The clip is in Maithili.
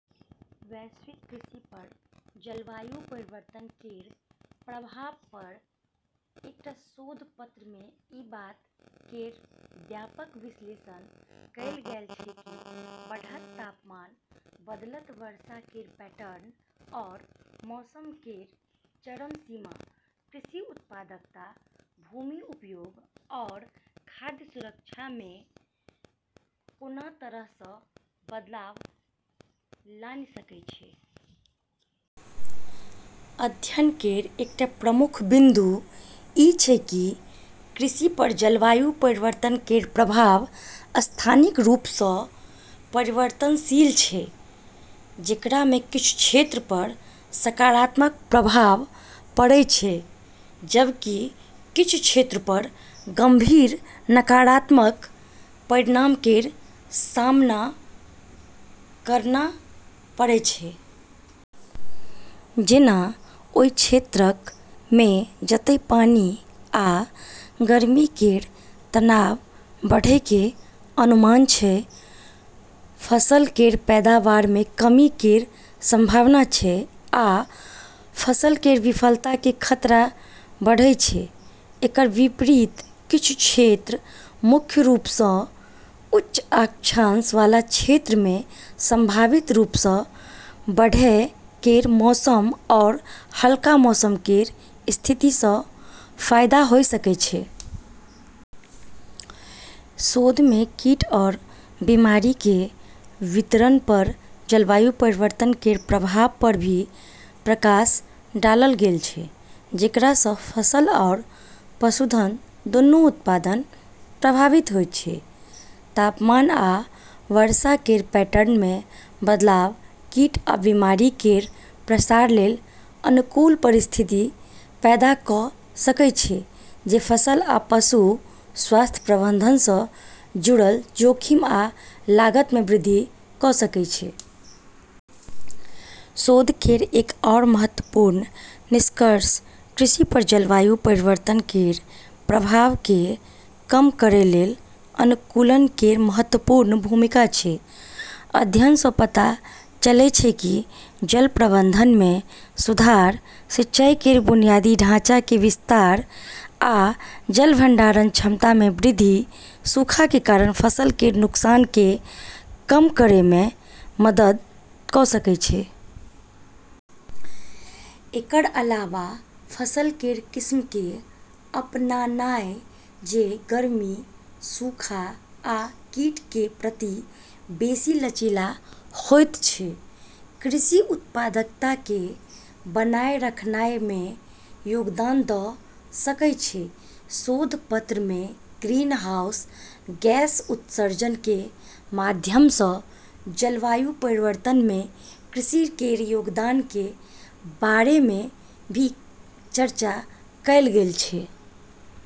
वैश्विक कृषि पर जलवायु परिवर्तन केर प्रभाव पर एकटा शोध पत्र मे ई बात केर व्यापक विश्लेषण कएल गेल छै कि बढ़त तापमान, बदलत वर्षा केर पैटर्न, आरू मौसम केर चरम सीमा कृषि उत्पादकता, भूमि उपयोग, आरू खाद्य सुरक्षा मे कोना तरह सँ बदलाव लानी सकै छै। अध्ययन केर एकटा प्रमुख बिंदु ई छै कि कृषि पर जलवायु परिवर्तन केर प्रभाव स्थानिक रूप सँ परिवर्तनशील छै, जेकरा मे किछु क्षेत्र पर सकारात्मक प्रभाव पड़ै छै जबकि किछु क्षेत्र पर गंभीर नकारात्मक परिणाम केर सामना करना पड़ै छै। जेना, ओय क्षेत्रक मे जतय पानि आ गर्मी केर तनाव बढ़य केर अनुमान छै, फसल केर पैदावार मे कमी केर संभावना छै, आ फसल केर विफलता केर खतरा बढ़य छै। एकर विपरीत, किछु क्षेत्र, मुख्य रूप सँ उच्च अक्षांश वाला क्षेत्र मे संभावित रूप सँ बढ़ै केर मौसम आरू हल्का मौसम केर स्थिति सँ फायदा होय सकै छै। शोध मे कीट आरू बीमारी केर वितरण पर जलवायु परिवर्तन के प्रभाव पर भी प्रकाश डालल गेल छै, जेकरा सँ फसल आरू पशुधन दूनू उत्पादन प्रभावित होय छै। तापमान आ वर्षा केर पैटर्न मे बदलाव कीट आ बीमारी केर प्रसार लेल अनुकूल परिस्थिति पैदा कऽ सकय छै, जे फसल आ पशु स्वास्थ्य प्रबंधन सँ जुड़ल जोखिम आ लागत मे वृद्धि कऽ सकय छै। शोध केर एक आरू महत्वपूर्ण निष्कर्ष कृषि पर जलवायु परिवर्तन केर प्रभाव के कम करै लेल अनुकूलन केर महत्वपूर्ण भूमिका छै। अध्ययन सँ पता चलै छै कि जल प्रबंधन मे सुधार, सिंचाई केर बुनियादी ढाँचा केर विस्तार, आ जल भंडारण क्षमता मे वृद्धि सूखा के कारण फसल केर नुकसान के कम करय मे मदद कऽ सकय छै। एकर अलावा, फसल केर किस्म के अपनानाय जे गर्मी, सूखा आ कीट के प्रति बेसि लचीला होयत छै, कृषि उत्पादकता के बनाए रखनाय मे योगदान दऽ सकय छै। शोध पत्र मे ग्रीनहाउस गैस उत्सर्जन के माध्यम सँ जलवायु परिवर्तन मे कृषि केर योगदान के बारे मे भी चर्चा कएल गेल छै।